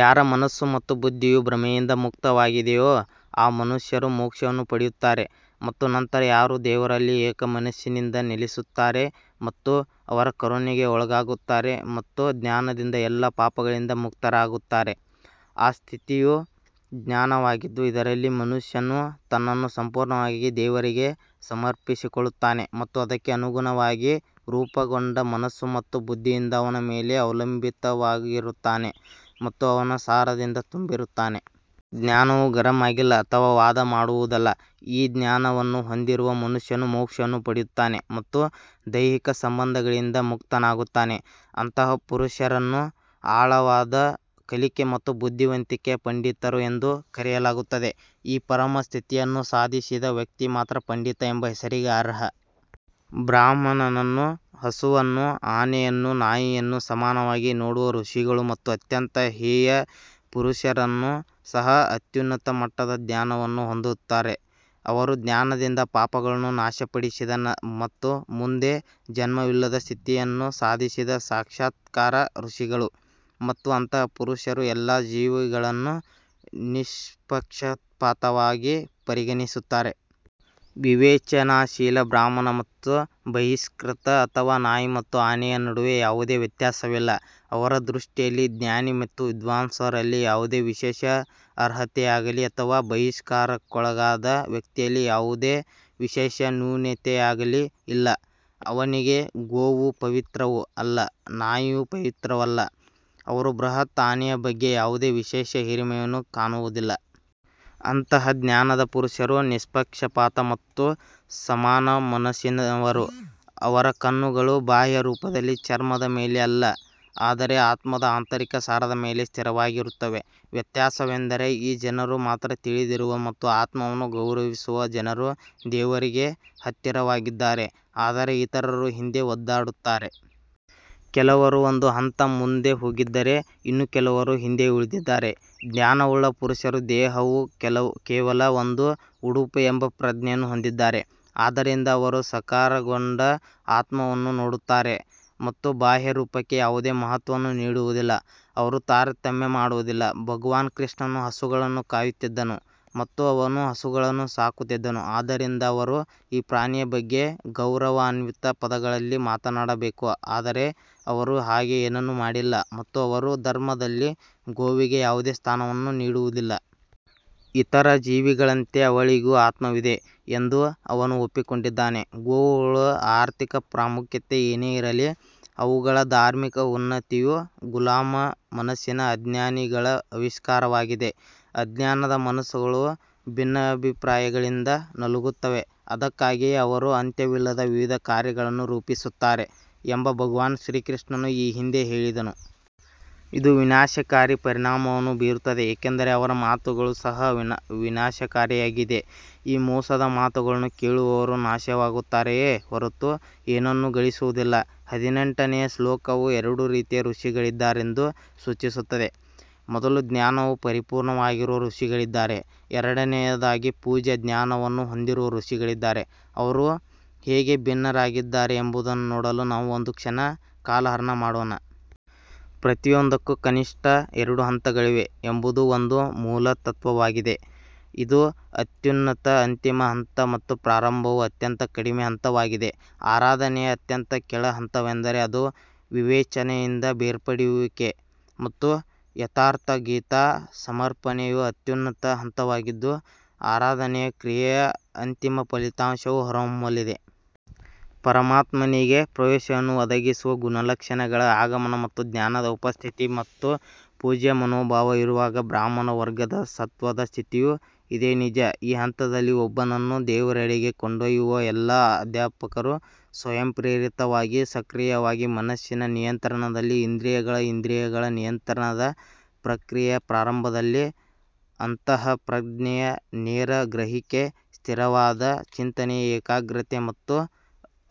ಯಾರ ಮನಸ್ಸು ಮತ್ತು ಬುದ್ಧಿಯು ಭ್ರಮೆಯಿಂದ ಮುಕ್ತವಾಗಿದೆಯೋ ಆ ಮನುಷ್ಯರು ಮೋಕ್ಷವನ್ನು ಪಡೆಯುತ್ತಾರೆ ಮತ್ತು ನಂತರ ಯಾರು ದೇವರಲ್ಲಿ ಏಕಮನಸ್ಸಿನಿಂದ ನೆಲೆಸುತ್ತಾರೆ ಮತ್ತು ಅವರ ಕರುಣೆಗೆ ಒಳಗಾಗುತ್ತಾರೆ ಮತ್ತು ಜ್ಞಾನದಿಂದ ಎಲ್ಲಾ ಪಾಪಗಳಿಂದ ಮುಕ್ತರಾಗುತ್ತಾರೆ. ಆ ಸ್ಥಿತಿಯು ಜ್ಞಾನವಾಗಿದ್ದು ಇದರಲ್ಲಿ ಮನುಷ್ಯನು ತನ್ನನ್ನು ಸಂಪೂರ್ಣವಾಗಿ ದೇವರಿಗೆ ಸಮರ್ಪಿಸಿಕೊಳ್ಳುತ್ತಾನೆ ಮತ್ತು ಅದಕ್ಕೆ ಅನುಗುಣವಾಗಿ ರೂಪುಗೊಂಡ ಮನಸ್ಸು ಮತ್ತು ಬುದ್ಧಿಯಿಂದ ಅವನ ಮೇಲೆ ಅವಲಂಬಿತನಾಗಿರುತ್ತಾನೆ ಮತ್ತು ಅವನ ಸಾರದಿಂದ ತುಂಬಿರುತ್ತಾನೆ. ಜ್ಞಾನವು ಗರಂ ಆಗಿಲ್ಲ ಅಥವಾ ವಾದ ಮಾಡುವುದಲ್ಲ. ಈ ಜ್ಞಾನವನ್ನು ಹೊಂದಿರುವ ಮನುಷ್ಯನು ಮೋಕ್ಷವನ್ನು ಪಡೆಯುತ್ತಾನೆ ಮತ್ತು ದೈಹಿಕ ಸಂಬಂಧಗಳಿಂದ ಮುಕ್ತನಾಗುತ್ತಾನೆ. ಅಂತಹ ಪುರುಷರನ್ನು ಆಳವಾದ ಕಲಿಕೆ ಮತ್ತು ಬುದ್ಧಿವಂತಿಕೆಯ ಪಂಡಿತರು ಎಂದು ಕರೆಯಲಾಗುತ್ತದೆ. ಈ ಪರಮ ಸ್ಥಿತಿಯನ್ನು ಸಾಧಿಸಿದ ವ್ಯಕ್ತಿ ಮಾತ್ರ ಪಂಡಿತ ಎಂಬ ಹೆಸರಿಗೆ ಅರ್ಹ. ಬ್ರಾಹ್ಮಣನನ್ನು ಹಸುವನ್ನು ಆನೆಯನ್ನು ನಾಯಿಯನ್ನು ಸಮಾನವಾಗಿ ನೋಡುವ ಋಷಿಗಳು ಮತ್ತು ಅತ್ಯಂತ ಹೇಯ ಪುರುಷರನ್ನೂ ಸಹ ಅತ್ಯುನ್ನತ ಮಟ್ಟದ ಜ್ಞಾನವನ್ನು ಹೊಂದುತ್ತಾರೆ. ಅವರು ಜ್ಞಾನದಿಂದ ಪಾಪಗಳನ್ನು ನಾಶಪಡಿಸಿದ ಮತ್ತು ಮುಂದೆ ಜನ್ಮವಿಲ್ಲದ ಸ್ಥಿತಿಯನ್ನು ಸಾಧಿಸಿದ ಸಾಕ್ಷಾತ್ಕಾರ ಋಷಿಗಳು. ಮತ್ತು ಅಂತಹ ಪುರುಷರು ಎಲ್ಲಾ ಜೀವಿಗಳನ್ನು ನಿಷ್ಪಕ್ಷಪಾತವಾಗಿ ಪರಿಗಣಿಸುತ್ತಾರೆ. ವಿವೇಚನಾಶೀಲ ಬ್ರಾಹ್ಮಣ ಮತ್ತು ಬಹಿಷ್ಕೃತ ಅಥವಾ ನಾಯಿ ಮತ್ತು ಆನೆಯ ನಡುವೆ ಯಾವುದೇ ವ್ಯತ್ಯಾಸವಿಲ್ಲ. ಅವರ ದೃಷ್ಟಿಯಲ್ಲಿ ಜ್ಞಾನಿ ಮತ್ತು ವಿದ್ವಾಂಸರಲ್ಲಿ ಯಾವುದೇ ವಿಶೇಷ ಅರ್ಹತೆಯಾಗಲೀ ಅಥವಾ ಬಹಿಷ್ಕಾರಕ್ಕೊಳಗಾದ ವ್ಯಕ್ತಿಯಲ್ಲಿ ಯಾವುದೇ ವಿಶೇಷ ನ್ಯೂನತೆಯಾಗಲೀ ಇಲ್ಲ. ಅವನಿಗೆ ಗೋವು ಪವಿತ್ರವೂ ಅಲ್ಲ ನಾಯಿಯೂ ಪವಿತ್ರವಲ್ಲ. ಅವರು ಬೃಹತ್ ಆನೆಯ ಬಗ್ಗೆ ಯಾವುದೇ ವಿಶೇಷ ಹಿರಿಮೆಯನ್ನು ಕಾಣುವುದಿಲ್ಲ. ಅಂತಹ ಜ್ಞಾನದ ಪುರುಷರು ನಿಷ್ಪಕ್ಷಪಾತ ಮತ್ತು ಸಮಾನ ಮನಸ್ಸಿನವರು. ಅವರ ಕಣ್ಣುಗಳು ಬಾಹ್ಯ ರೂಪದಲ್ಲಿ ಚರ್ಮದ ಮೇಲೆ ಅಲ್ಲ ಆದರೆ ಆತ್ಮದ ಆಂತರಿಕ ಸಾರದ ಮೇಲೆ ಸ್ಥಿರವಾಗಿರುತ್ತವೆ. ವ್ಯತ್ಯಾಸವೆಂದರೆ ಈ ಜನರು ಮಾತ್ರ ತಿಳಿದಿರುವ ಮತ್ತು ಆತ್ಮವನ್ನು ಗೌರವಿಸುವ ಜನರು ದೇವರಿಗೆ ಹತ್ತಿರವಾಗಿದ್ದಾರೆ ಆದರೆ ಇತರರು ಹಿಂದೆ ಒದ್ದಾಡುತ್ತಾರೆ. ಕೆಲವರು ಒಂದು ಹಂತ ಮುಂದೆ ಹೋಗಿದ್ದರೆ ಇನ್ನೂ ಕೆಲವರು ಹಿಂದೆಯೇ ಉಳಿದಿದ್ದಾರೆ. ಜ್ಞಾನವುಳ್ಳ ಪುರುಷರು ದೇಹವು ಕೇವಲ ಒಂದು ಉಡುಪು ಎಂಬ ಪ್ರಜ್ಞೆಯನ್ನು ಹೊಂದಿದ್ದಾರೆ. ಆದ್ದರಿಂದ ಅವರು ಸಾಕಾರಗೊಂಡ ಆತ್ಮವನ್ನು ನೋಡುತ್ತಾರೆ ಮತ್ತು ಬಾಹ್ಯ ರೂಪಕ್ಕೆ ಯಾವುದೇ ಮಹತ್ವವನ್ನು ನೀಡುವುದಿಲ್ಲ. ಅವರು ತಾರತಮ್ಯ ಮಾಡುವುದಿಲ್ಲ. ಭಗವಾನ್ ಕೃಷ್ಣನು ಹಸುಗಳನ್ನು ಕಾಯುತ್ತಿದ್ದನು ಮತ್ತು ಅವನು ಹಸುಗಳನ್ನು ಸಾಕುತ್ತಿದ್ದನು ಆದ್ದರಿಂದ ಅವರು ಈ ಪ್ರಾಣಿಯ ಬಗ್ಗೆ ಗೌರವಾನ್ವಿತ ಪದಗಳಲ್ಲಿ ಮಾತನಾಡಬೇಕು ಆದರೆ ಅವರು ಹಾಗೆ ಏನನ್ನೂ ಮಾಡಿಲ್ಲ ಮತ್ತು ಅವರು ಧರ್ಮದಲ್ಲಿ ಗೋವಿಗೆ ಯಾವುದೇ ಸ್ಥಾನವನ್ನು ನೀಡುವುದಿಲ್ಲ. ಇತರ ಜೀವಿಗಳಂತೆ ಅವಳಿಗೂ ಆತ್ಮವಿದೆ ಎಂದು ಅವನು ಒಪ್ಪಿಕೊಂಡಿದ್ದಾನೆ. ಗೋವುಗಳ ಆರ್ಥಿಕ ಪ್ರಾಮುಖ್ಯತೆ ಏನೇ ಇರಲಿ ಅವುಗಳ ಧಾರ್ಮಿಕ ಉನ್ನತಿಯು ಗುಲಾಮ ಮನಸ್ಸಿನ ಅಜ್ಞಾನಿಗಳ ಆವಿಷ್ಕಾರವಾಗಿದೆ. ಅಜ್ಞಾನದ ಮನಸ್ಸುಗಳು ಭಿನ್ನಾಭಿಪ್ರಾಯಗಳಿಂದ ನಲುಗುತ್ತವೆ ಅದಕ್ಕಾಗಿಯೇ ಅವರು ಅಂತ್ಯವಿಲ್ಲದ ವಿವಿಧ ಕಾರ್ಯಗಳನ್ನು ರೂಪಿಸುತ್ತಾರೆ ಎಂದು ಭಗವಾನ್ ಶ್ರೀಕೃಷ್ಣನು ಈ ಹಿಂದೆ ಹೇಳಿದನು. ಇದು ವಿನಾಶಕಾರಿ ಪರಿಣಾಮವನ್ನು ಬೀರುತ್ತದೆ ಏಕೆಂದರೆ ಅವರ ಮಾತುಗಳು ಸಹ ವಿನಾಶಕಾರಿಯಾಗಿದೆ. ಈ ಮೋಸದ ಮಾತುಗಳನ್ನು ಕೇಳುವವರು ನಾಶವಾಗುತ್ತಾರೆಯೇ ಹೊರತು ಏನನ್ನೂ ಗಳಿಸುವುದಿಲ್ಲ. ಹದಿನೆಂಟನೆಯ ಶ್ಲೋಕವು ಎರಡು ರೀತಿಯ ಋಷಿಗಳಿದ್ದಾರೆಂದು ಸೂಚಿಸುತ್ತದೆ. ಮೊದಲು ಜ್ಞಾನವು ಪರಿಪೂರ್ಣವಾಗಿರುವ ಋಷಿಗಳಿದ್ದಾರೆ. ಎರಡನೆಯದಾಗಿ ಪೂಜ್ಯ ಜ್ಞಾನವನ್ನು ಹೊಂದಿರುವ ಋಷಿಗಳಿದ್ದಾರೆ. ಅವರು ಹೇಗೆ ಭಿನ್ನರಾಗಿದ್ದಾರೆ ಎಂಬುದನ್ನು ನೋಡಲು ನಾವು ಒಂದು ಕ್ಷಣ ಕಾಲಹರಣ ಮಾಡೋಣ. ಪ್ರತಿಯೊಂದಕ್ಕೂ ಕನಿಷ್ಠ ಎರಡು ಹಂತಗಳಿವೆ ಎಂಬುದು ಒಂದು ಮೂಲತತ್ವವಾಗಿದೆ ಇದು ಅತ್ಯುನ್ನತ ಅಂತಿಮ ಹಂತ ಮತ್ತು ಪ್ರಾರಂಭವು ಅತ್ಯಂತ ಕಡಿಮೆ ಹಂತವಾಗಿದೆ. ಆರಾಧನೆಯ ಅತ್ಯಂತ ಕೆಳ ಹಂತವೆಂದರೆ ಅದು ವಿವೇಚನೆಯಿಂದ ಬೇರ್ಪಡುವಿಕೆ ಮತ್ತು ಯಥಾರ್ಥ್ ಗೀತಾ ಸಮರ್ಪಣೆಯು ಅತ್ಯುನ್ನತ ಹಂತವಾಗಿದ್ದು ಆರಾಧನೆಯ ಕ್ರಿಯೆಯ ಅಂತಿಮ ಫಲಿತಾಂಶವು ಹೊರಹೊಮ್ಮಲಿದೆ. ಪರಮಾತ್ಮನಿಗೆ ಪ್ರವೇಶವನ್ನು ಒದಗಿಸುವ ಗುಣಲಕ್ಷಣಗಳ ಆಗಮನ ಮತ್ತು ಜ್ಞಾನದ ಉಪಸ್ಥಿತಿ ಮತ್ತು ಪೂಜ್ಯ ಮನೋಭಾವ ಇರುವಾಗ ಬ್ರಾಹ್ಮಣ ವರ್ಗದ ಸತ್ವದ ಸ್ಥಿತಿಯೂ ಇದೇ ನಿಜ. ಈ ಹಂತದಲ್ಲಿ ಒಬ್ಬನನ್ನು ದೇವರೆಡೆಗೆ ಕೊಂಡೊಯ್ಯುವ ಎಲ್ಲಾ ಅಧ್ಯಾಪಕರು ಸ್ವಯಂಪ್ರೇರಿತವಾಗಿ ಸಕ್ರಿಯವಾಗಿ ಮನಸ್ಸಿನ ನಿಯಂತ್ರಣದಲ್ಲಿ ಇಂದ್ರಿಯಗಳ ಇಂದ್ರಿಯಗಳ ನಿಯಂತ್ರಣದ ಪ್ರಕ್ರಿಯೆಯ ಪ್ರಾರಂಭದಲ್ಲಿ ಅಂತಃಪ್ರಜ್ಞೆಯ ನೇರ ಗ್ರಹಿಕೆ ಸ್ಥಿರವಾದ ಚಿಂತನೆಯ ಏಕಾಗ್ರತೆ ಮತ್ತು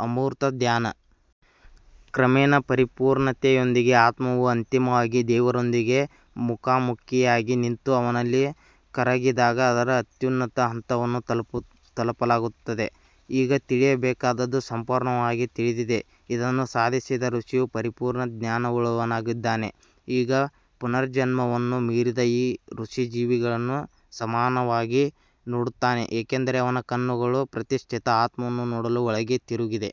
ಅಮೂರ್ತ ಧ್ಯಾನ. ಕ್ರಮೇಣ ಪರಿಪೂರ್ಣತೆಯೊಂದಿಗೆ ಆತ್ಮವು ಅಂತಿಮವಾಗಿ ದೇವರೊಂದಿಗೆ ಮುಖಾಮುಖಿಯಾಗಿ ನಿಂತು ಅವನಲ್ಲಿ ಕರಗಿದಾಗ ಅದರ ಅತ್ಯುನ್ನತ ಹಂತವನ್ನು ತಲುಪಲಾಗುತ್ತದೆ. ಈಗ ತಿಳಿಯಬೇಕಾದದ್ದು ಸಂಪೂರ್ಣವಾಗಿ ತಿಳಿದಿದೆ. ಇದನ್ನು ಸಾಧಿಸಿದ ಋಷಿಯು ಪರಿಪೂರ್ಣ ಜ್ಞಾನವುಳ್ಳವನಾಗಿದ್ದಾನೆ. ಈಗ ಪುನರ್ಜನ್ಮವನ್ನು ಮೀರಿದ ಈ ಋಷಿ ಜೀವಿಗಳನ್ನು ಸಮಾನವಾಗಿ ನೋಡುತ್ತಾನೆ ಏಕೆಂದರೆ ಅವನ ಕಣ್ಣುಗಳು ಪ್ರತಿಷ್ಠಿತ ಆತ್ಮವನ್ನು ನೋಡಲು ಒಳಗೆ ತಿರುಗಿವೆ.